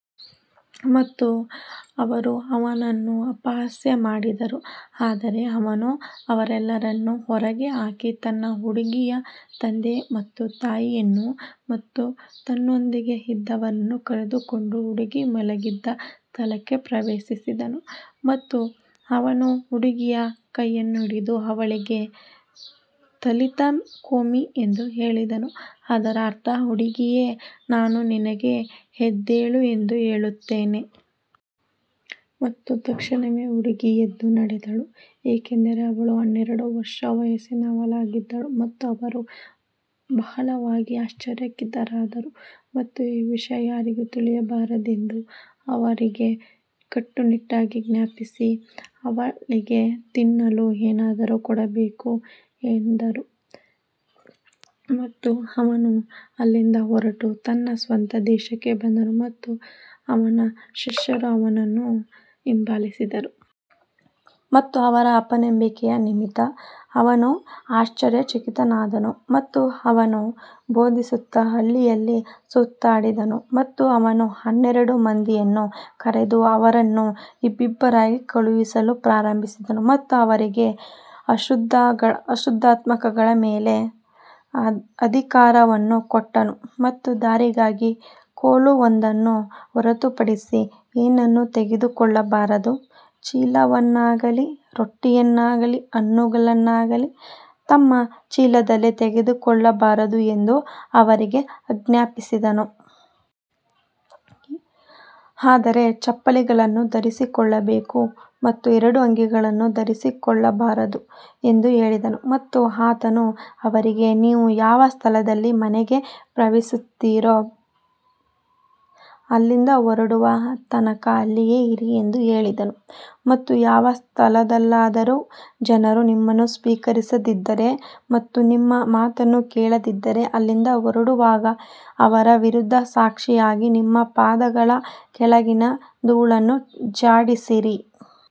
ಮತ್ತು ಅವರು ಅವನನ್ನು ಅಪಹಾಸ್ಯ ಮಾಡಿದರು. ಆದರೆ ಅವನು ಅವರೆಲ್ಲರನ್ನೂ ಹೊರಗೆ ಹಾಕಿದ ನಂತರ ಹುಡುಗಿಯ ತಂದೆ ಮತ್ತು ತಾಯಿಯನ್ನು ಮತ್ತು ತನ್ನೊಂದಿಗೆ ಇದ್ದವರನ್ನು ಕರೆದುಕೊಂಡು ಹುಡುಗಿ ಮಲಗಿದ್ದ ಸ್ಥಳಕ್ಕೆ ಪ್ರವೇಶಿಸಿದನು. ಮತ್ತು ಅವನು ಹುಡುಗಿಯ ಕೈಯನ್ನು ಹಿಡಿದು ಅವಳಿಗೆ, ತಲಿಥಾ ಕೂಮಿ ಎಂದು ಹೇಳಿದನು, ಇದರ ಅರ್ಥ, ಹುಡುಗಿಯೇ, ನಾನು ನಿನಗೆ ಎದ್ದೇಳು ಎಂದು ಹೇಳುತ್ತೇನೆ. ಮತ್ತು ತಕ್ಷಣವೇ ಹುಡುಗಿ ಎದ್ದು ನಡೆದಳು, ಏಕೆಂದರೆ ಅವಳು ಹನ್ನೆರಡು ವರ್ಷ ವಯಸ್ಸಿನವಳಾಗಿದ್ದಳು ಮತ್ತು ಅವರು ಬಹಳವಾಗಿ ಆಶ್ಚರ್ಯಚಕಿತರಾದರು. ಮತ್ತು ಈ ವಿಷಯ ಯಾರಿಗೂ ತಿಳಿಯಬಾರದೆಂದು ಅವರಿಗೆ ಕಟ್ಟುನಿಟ್ಟಾಗಿ ಜ್ಞಾಪಿಸಿ, ಅವಳಿಗೆ ತಿನ್ನಲು ಏನಾದರೂ ಕೊಡಬೇಕೆಂದು ಎಂದರು. ಮತ್ತು ಅವನು ಅಲ್ಲಿಂದ ಹೊರಟು ತನ್ನ ಸ್ವಂತ ದೇಶಕ್ಕೆ ಬಂದನು ಮತ್ತು ಅವನ ಶಿಷ್ಯರು ಅವನನ್ನು ಹಿಂಬಾಲಿಸಿದರು. ಮತ್ತು ಅವರ ಅಪನಂಬಿಕೆಯ ನಿಮಿತ್ತ ಅವನು ಆಶ್ಚರ್ಯಚಕಿತನಾದನು. ಮತ್ತು ಅವನು ಬೋಧಿಸುತ್ತಾ ಹಳ್ಳಿಗಳಲ್ಲಿ ಸುತ್ತಾಡಿದನು. ಮತ್ತು ಅವನು ಹನ್ನೆರಡು ಮಂದಿಯನ್ನು ಕರೆದು ಅವರನ್ನು ಇಬ್ಬಿಬ್ಬರಾಗಿ ಕಳುಹಿಸಲು ಪ್ರಾರಂಭಿಸಿದನು ಮತ್ತು ಅವರಿಗೆ ಅಶುದ ಅಶುದ್ಧಾತ್ಮಗಳ ಮೇಲೆ ಅಧಿಕಾರವನ್ನು ಕೊಟ್ಟನು. ಮತ್ತು ದಾರಿಗಾಗಿ ಕೋಲು ಒಂದನ್ನು ಹೊರತುಪಡಿಸಿ ಏನನ್ನೂ ತೆಗೆದುಕೊಳ್ಳಬಾರದು, ಚೀಲವನ್ನಾಗಲಿ ರೊಟ್ಟಿಯನ್ನಾಗಲಿ ಹಣವನ್ನಾಗಲಿ ತಮ್ಮ ಚೀಲಗಳಲ್ಲಿ ತೆಗೆದುಕೊಳ್ಳಬಾರದು ಎಂದು ಅವರಿಗೆ ಆಜ್ಞಾಪಿಸಿದನು. ಆದರೆ ಚಪ್ಪಲಿಗಳನ್ನು ಧರಿಸಿಕೊಳ್ಳಬೇಕು ಮತ್ತು ಎರಡು ಅಂಗಿಗಳನ್ನು ಧರಿಸಬಾರದು ಎಂದು ಹೇಳಿದನು. ಮತ್ತು ಆತನು ಅವರಿಗೆ, ನೀವು ಯಾವ ಸ್ಥಳದಲ್ಲಿ ಮನೆಗೆ ಪ್ರವೇಶಿಸುತ್ತೀರೋ, ಅಲ್ಲಿಂದ ಹೊರಡುವ ತನಕ ಅಲ್ಲಿಯೇ ಇರಿ ಎಂದು ಹೇಳಿದನು. ಮತ್ತು ಯಾವ ಸ್ಥಳದಲ್ಲಾದರೂ ಜನರು ನಿಮ್ಮನ್ನು ಸ್ವೀಕರಿಸದಿದ್ದರೆ ಮತ್ತು ನಿಮ್ಮ ಮಾತನ್ನು ಕೇಳದಿದ್ದರೆ, ಅಲ್ಲಿಂದ ಹೊರಡುವಾಗ ಅವರ ವಿರುದ್ಧ ಸಾಕ್ಷಿಯಾಗಿ ನಿಮ್ಮ ಪಾದಗಳ ಕೆಳಗಿನ ಧೂಳನ್ನು ಝಾಡಿಸಿರಿ.